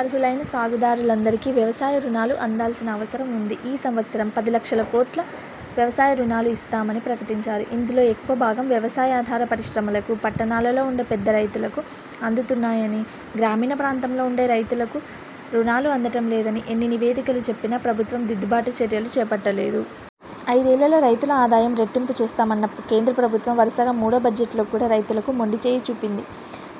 అర్హులైన సాగుదారులందరికీ వ్యవసాయ రుణాలు అందాల్సిన అవసరం వుంది. ఈ సంవత్సరం పది లక్షల కోట్ల వ్యవసాయ రుణాలు ఇస్తామని ప్రకటించారు. ఇందులో ఎక్కువ భాగం వ్యవసాయాధార పరిశ్రమలకు, పట్టణాలలో వుండే పెద్ద రైతులకు అందుతున్నాయని, గ్రామీణ ప్రాంతంలో వుండే రైతులకు రుణాలు అందటం లేదని ఎన్ని నివేదికలు చెప్పినా ప్రభుత్వం దిద్దుబాటు చర్యలు చేపట్టలేదు. ఐదేళ్ళల్లో రైతుల ఆదాయం రెట్టింపు చేస్తాం అన్న కేంద్ర ప్రభుత్వం వరుసగా మూడో బడ్జెట్లో కూడా రైతులకు మొండిచేయి చూపింది.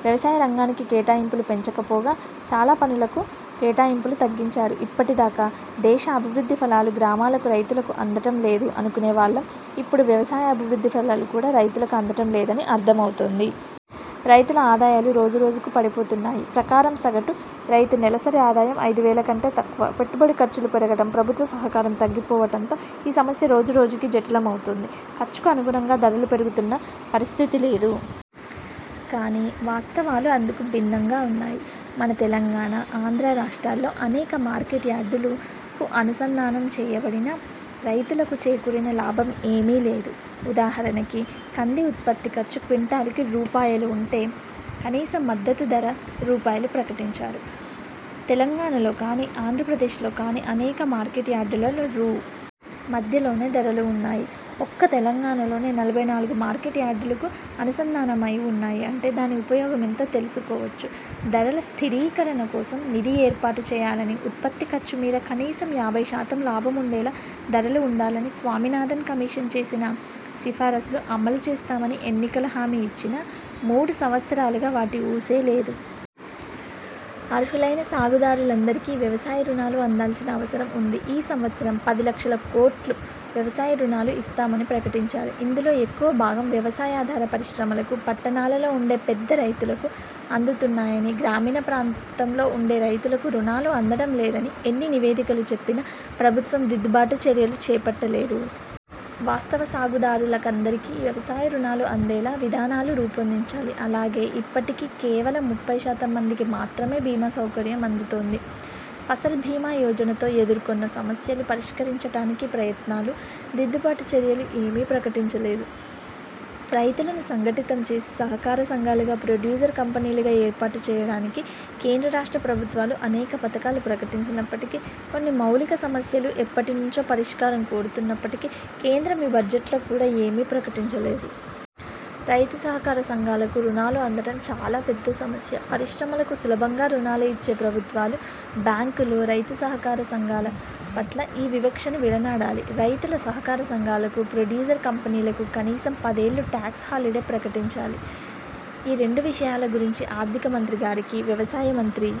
వ్యవసాయ రంగానికి కేటాయింపులు పెంచక పోగా, చాలా పనులకు కేటాయింపులు తగ్గించారు. ఇప్పటిదాకా దేశ అభివృద్ధి ఫలాలు గ్రామాలకు రైతులకు అందటం లేదు అనుకునే వాళ్ళంఇప్పడు వ్యవసాయ అభివృద్ధి ఫలాలు కూడా రైతులకు అందటం లేదని అర్థం అవుతోంది. రైతుల ఆదాయాలు రోజు రోజుకు పడిపోతున్నాయి., ప్రకారం సగటు రైతు నెలసరి ఆదాయం ఐదు వేల కంటే తక్కువ. పెట్టుబడి ఖర్చులు పెరగటం, ప్రభుత్వ సహకారం తగ్గిపోవటం తో ఈ సమస్య రోజు రోజుకు జటిల మవుతోంది. ఖర్చుకు అనుగుణంగా ధరలు పెరుగుతున్న పరిస్థితి లేదు. కానీ వాస్తవాలు అందుకు భిన్నంగా వున్నాయి. మన తెలంగాణ, ఆంధ్ర రాష్ట్రాల్లో అనేక మార్కెట్ యార్డులు కు అనుసంధానం చేయబడినా రైతులకు చేకూరిన లాభం ఏమీ లేదు. ఉదాహరణకి కంది ఉత్పత్తి ఖర్చు క్వింటాలుకి రూపాయలు వుంటే కనీస మద్దతు ధర రూ. ప్రకటించారు. తెలంగాణలో కానీ, ఆంధ్ర ప్రదేశ్లో కానీ అనేక మార్కెట్ యార్డులలో రూ. మధ్యలోనే ధరలు వున్నాయి. ఒక్క తెలంగాణలోనే నలభై నాలుగు మార్కెట్ యార్డులు కు అనుసంధానం అయి వున్నాయి అంటే దాని ఉపయోగం ఎంతో తెలుసుకోవచ్చు. ధరల స్థిరీకరణ కోసం నిధి ఏర్పాటు చేయాలనీ, ఉత్పత్తి ఖర్చు మీద కనీసం యాభై శాతం లాభం ఉండేలా ధరలు వుండాలని స్వామినాథన్ కమిషన్ చేసిన సిఫారసులు అమలు చేస్తామని ఎన్నికల హామీ ఇచ్చినా, మూడు సంవత్సరాలుగా వాటి ఊసే లేదు. అర్హులైన సాగుదారులందరికీ వ్యవసాయ రుణాలు అందాల్సిన అవసరం వుంది. ఈ సంవత్సరం పది లక్షల కోట్లు వ్యవసాయ రుణాలు ఇస్తామని ప్రకటించారు. ఇందులో ఎక్కువ భాగం వ్యవసాయాధార పరిశ్రమలకు, పట్టణాలలో వుండే పెద్ద రైతులకు అందుతున్నాయని, గ్రామీణ ప్రాంతంలో వుండే రైతులకు రుణాలు అందటం లేదని ఎన్ని నివేదికలు చెప్పినా ప్రభుత్వం దిద్దుబాటు చర్యలు చేపట్టలేరు వాస్తవ సాగుదారులకందరికీ వ్యవసాయ రుణాలు అందేలా విధానాలు రూపొందించాలి. అలాగే ఇప్పటికీ కేవలం ముప్పై శాతం మందికి మాత్రమే బీమా సౌకర్యం అందుతోంది. ఫసల్ భీమా యోజనతో ఎదుర్కొన్న సమస్యలు పరిష్కరించటానికి ప్రయత్నాలు, దిద్దుబాటు చర్యలు ఏమీ ప్రకటించలేదు. రైతులను సంఘటితం చేసి సహకార సంఘాలుగా, ప్రొడ్యూసర్ కంపెనీలుగా ఏర్పాటు చేయటానికి కేంద్ర రాష్ట్ర ప్రభుత్వాలు అనేక పథకాలు ప్రకటించినప్పటికీ, కొన్ని మౌలిక సమస్యలు ఎప్పటి నుంచో పరిష్కారం కోరుతున్నప్పటికీ కేంద్రం ఈ బడ్జెట్లో కూడా ఏమీ ప్రకటించలేదు. రైతు సహకార సంఘాలకు రుణాలు అందటం చాలా పెద్ద సమస్య. పరిశ్రమలకు సులభంగా రుణాలు ఇచ్చే ప్రభుత్వాలు, బ్యాంకులు రైతు సహకార సంఘాల పట్ల ఈ వివక్షను విడనాడాలి. రైతుల సహకార సంఘాలకు, ప్రొడ్యూసర్ కంపెనీలకు కనీసం పదేళ్ళు టాక్స్ హాలిడే ప్రకటించాలి. ఈ రెండు విషయాల గురించి ఆర్థిక మంత్రి గారికి, వ్యవసాయ మంత్రి